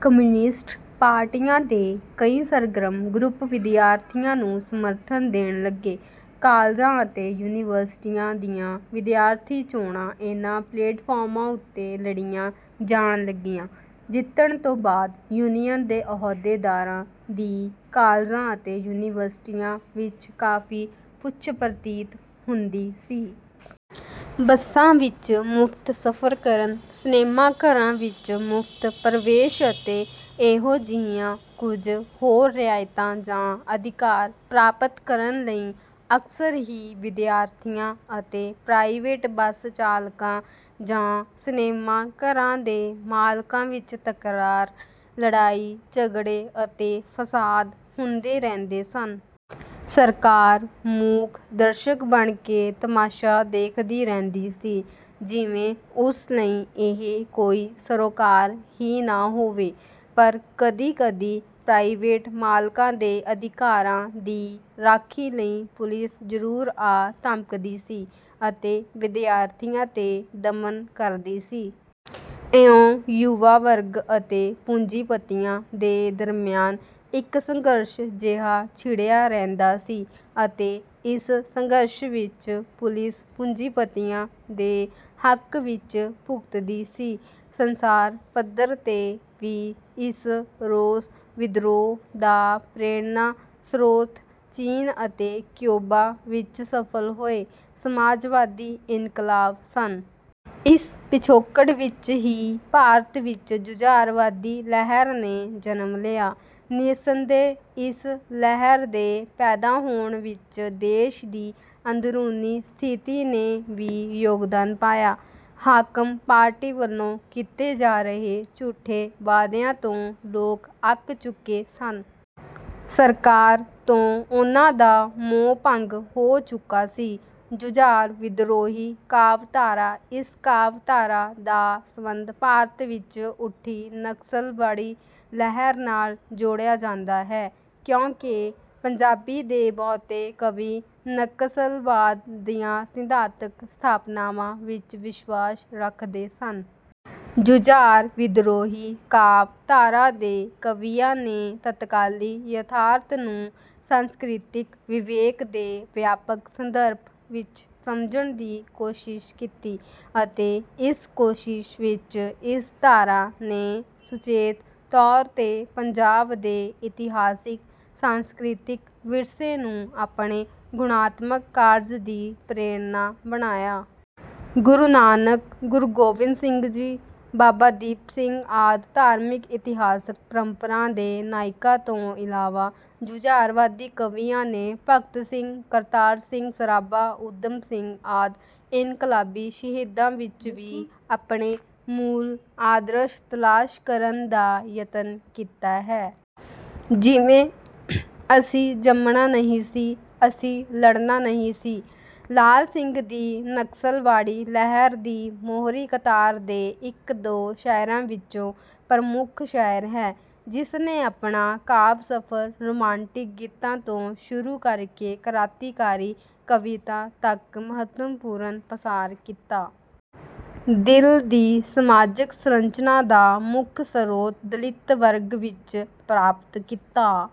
Communist ਪਾਰਟੀਆਂ ਦੇ ਕਈ ਸਰਗਰਮ ਗਰੁੱਪ ਵਿਦਿਆਰਥੀਆਂ ਨੂੰ ਸਮਰਥਨ ਦੇਣ ਲੱਗੇ। ਕਾਲਜਾਂ ਅਤੇ ਯੂਨੀਵਰਸਿਟੀਆਂ ਦੀਆਂ ਵਿਦਿਆਰਥੀ ਚੋਣਾਂ ਇਨ੍ਹਾਂ ਪਲੇਟਫਾਰਮਾਂ ਉੱਤੇ ਲੜੀਆਂ ਜਾਣ ਲੱਗੀਆਂ। ਜਿੱਤਣ ਤੋਂ ਬਾਅਦ ਯੂਨੀਅਨ ਦੇ ਅਹੁਦੇਦਾਰਾਂ ਦੀ ਕਾਲਜਾਂ ਅਤੇ ਯੂਨੀਵਰਸਿਟੀਆਂ ਵਿੱਚ ਕਾਫ਼ੀ ਪੁੱਛ-ਪ੍ਰਤੀਤ ਹੁੰਦੀ ਸੀ। ਬੱਸਾਂ ਵਿੱਚ ਮੁਫ਼ਤ ਸਫ਼ਰ ਕਰਨ, ਸਿਨੇਮਾ ਘਰਾਂ ਵਿੱਚ ਮੁਫ਼ਤ ਪ੍ਰਵੇਸ਼ ਅਤੇ ਇਹੋ ਜਿਹੀਆਂ ਕੁਝ ਹੋਰ ਰਿਆਇਤਾਂ ਜਾਂ ਅਧਿਕਾਰ ਪ੍ਰਾਪਤ ਕਰਨ ਲਈ ਅਕਸਰ ਹੀ ਵਿਦਿਆਰਥੀਆਂ ਅਤੇ ਪ੍ਰਾਈਵੇਟ ਬੱਸ ਚਾਲਕਾਂ ਜਾਂ ਸਿਨੇਮਾ ਘਰਾਂ ਦੇ ਮਾਲਕਾਂ ਵਿੱਚ ਤਕਰਾਰ, ਲੜਾਈ-ਝਗੜੇ ਅਤੇ ਫ਼ਸਾਦ ਹੁੰਦੇ ਰਹਿੰਦੇ ਸਨ। ਸਰਕਾਰ ਮੂਕ ਦਰਸ਼ਕ ਬਣ ਕੇ ਤਮਾਸ਼ਾ ਦੇਖਦੀ ਰਹਿੰਦੀ ਸੀ, ਜਿਵੇਂ ਉਸ ਲਈ ਇਹ ਕੋਈ ਸਰੋਕਾਰ ਹੀ ਨਾ ਹੋਵੇ। ਪਰ ਕਦੀ-ਕਦੀ ਪ੍ਰਾਈਵੇਟ ਮਾਲਕਾਂ ਦੇ ਅਧਿਕਾਰਾਂ ਦੀ ਰਾਖੀ ਲਈ ਪੁਲਿਸ ਜ਼ਰੂਰ ਆ ਧਮਕਦੀ ਸੀ ਅਤੇ ਵਿਦਿਆਰਥੀਆਂ ’ਤੇ ਦਮਨ ਕਰਦੀ ਸੀ। ਇਉਂ ਯੁਵਾ ਵਰਗ ਅਤੇ ਪੂੰਜੀਪਤੀਆਂ ਦੇ ਦਰਮਿਆਨ ਇੱਕ ਸੰਘਰਸ਼ ਜਿਹਾ ਛਿੜਿਆ ਰਹਿੰਦਾ ਸੀ ਅਤੇ ਇਸ ਸੰਘਰਸ਼ ਵਿੱਚ ਪੁਲਿਸ ਪੂੰਜੀਪਤੀਆਂ ਦੇ ਹੱਕ ਵਿੱਚ ਭੁਗਤਦੀ ਸੀ। ਸੰਸਾਰ ਪੱਧਰ ’ਤੇ ਵੀ ਇਸ ਰੋਸ-ਵਿਦਰੋਹ ਦਾ ਪ੍ਰੇਰਣਾ-ਸਰੋਤ ਚੀਨ ਅਤੇ ਕਿਊਬਾ ਵਿੱਚ ਸਫ਼ਲ ਹੋਏ ਸਮਾਜਵਾਦੀ ਇਨਕਲਾਬ ਸਨ। ਇਸ ਪਿਛੋਕੜ ਵਿੱਚ ਹੀ ਭਾਰਤ ਵਿੱਚ ਜੁਝਾਰਵਾਦੀ ਲਹਿਰ ਨੇ ਜਨਮ ਲਿਆ। ਨਿਰਸੰਦੇਹ, ਇਸ ਲਹਿਰ ਦੇ ਪੈਦਾ ਹੋਣ ਵਿੱਚ ਦੇਸ਼ ਦੀ ਅੰਦਰੂਨੀ ਸਥਿਤੀ ਨੇ ਵੀ ਯੋਗਦਾਨ ਪਾਇਆ। ਹਾਕਮ ਪਾਰਟੀ ਵੱਲੋਂ ਕੀਤੇ ਜਾ ਰਹੇ ਝੂਠੇ ਵਾਅਦਿਆਂ ਤੋਂ ਲੋਕ ਅੱਕ ਚੁੱਕੇ ਸਨ। ਸਰਕਾਰ ਤੋਂ ਉਨ੍ਹਾਂ ਦਾ ਮੋਹ-ਭੰਗ ਹੋ ਚੁੱਕਾ ਸੀ। ਜੁਝਾਰ-ਵਿਦਰੋਹੀ ਕਾਵਿ ਧਾਰਾ: ਇਸ ਕਾਵਿ ਧਾਰਾ ਦਾ ਸੰਬੰਧ ਭਾਰਤ ਵਿੱਚ ਉੱਠੀ ਨਕਸਲਬਾੜੀ ਲਹਿਰ ਨਾਲ ਜੋੜਿਆ ਜਾਂਦਾ ਹੈ, ਕਿਉਂਕਿ ਪੰਜਾਬੀ ਦੇ ਬਹੁਤੇ ਕਵੀ ਨਕਸਲਵਾਦ ਦੀਆਂ ਸਿਧਾਂਤਕ ਸਥਾਪਨਾਵਾਂ ਵਿੱਚ ਵਿਸ਼ਵਾਸ ਰੱਖਦੇ ਸਨ। ਜੁਝਾਰ-ਵਿਦਰੋਹੀ ਕਾਵਿ ਧਾਰਾ ਦੇ ਕਵੀਆਂ ਨੇ ਤਤਕਾਲੀ ਯਥਾਰਥ ਨੂੰ ਸਾਂਸਕ੍ਰਿਤਿਕ ਵਿਵੇਕ ਦੇ ਵਿਆਪਕ ਸੰਦਰਭ ਵਿੱਚ ਸਮਝਣ ਦੀ ਕੋਸ਼ਿਸ਼ ਕੀਤੀ ਅਤੇ ਇਸ ਕੋਸ਼ਿਸ਼ ਵਿੱਚ ਇਸ ਧਾਰਾ ਨੇ ਸੁਚੇਤ ਤੌਰ ’ਤੇ ਪੰਜਾਬ ਦੇ ਇਤਿਹਾਸਕ-ਸਾਂਸਕ੍ਰਿਤਿਕ ਵਿਰਸੇ ਨੂੰ ਆਪਣੇ ਗੁਣਾਤਮਕ ਕਾਰਜ ਦੀ ਪ੍ਰੇਰਣਾ ਬਣਾਇਆ। ਗੁਰੂ ਨਾਨਕ, ਗੁਰੂ ਗੋਬਿੰਦ ਸਿੰਘ, ਬਾਬਾ ਦੀਪ ਸਿੰਘ ਆਦਿ ਧਾਰਮਿਕ-ਇਤਿਹਾਸਕ ਪਰੰਪਰਾ ਦੇ ਨਾਇਕਾਂ ਤੋਂ ਇਲਾਵਾ, ਜੁਝਾਰਵਾਦੀ ਕਵੀਆਂ ਨੇ ਭਗਤ ਸਿੰਘ, ਕਰਤਾਰ ਸਿੰਘ ਸਰਾਭਾ, ਊਧਮ ਸਿੰਘ ਆਦਿ ਇਨਕਲਾਬੀ ਸ਼ਹੀਦਾਂ ਵਿੱਚ ਵੀ ਆਪਣੇ ਮੂਲ ਆਦਰਸ਼ ਤਲਾਸ਼ ਕਰਨ ਦਾ ਯਤਨ ਕੀਤਾ ਹੈ। ਜਿਵੇਂ: “ਅਸੀਂ ਜੰਮਣਾ ਨਹੀਂ ਸੀ, ਅਸੀਂ ਲੜਨਾ ਨਹੀਂ ਸੀ।” ਲਾਲ ਸਿੰਘ ਦਿਲ ਨਕਸਲਬਾੜੀ ਲਹਿਰ ਦੀ ਮੋਹਰੀ ਕਤਾਰ ਦੇ ਇੱਕ-ਦੋ ਸ਼ਾਇਰਾਂ ਵਿੱਚੋਂ ਪ੍ਰਮੁੱਖ ਸ਼ਾਇਰ ਹੈ, ਜਿਸ ਨੇ ਆਪਣਾ ਕਾਵਿ-ਸਫ਼ਰ ਰੁਮਾਂਟਿਕ ਗੀਤਾਂ ਤੋਂ ਸ਼ੁਰੂ ਕਰਕੇ ਕ੍ਰਾਂਤੀਕਾਰੀ ਕਵਿਤਾ ਤੱਕ ਮਹੱਤਵਪੂਰਨ ਪਸਾਰ ਕੀਤਾ। “ਦਿਲ ਦੀ ਸਮਾਜਕ ਸਰੰਚਨਾ ਦਾ ਮੁੱਖ ਸਰੋਤ ਦਲਿਤ ਵਰਗ ਵਿੱਚ ਪ੍ਰਾਪਤ ਕੀਤਾ...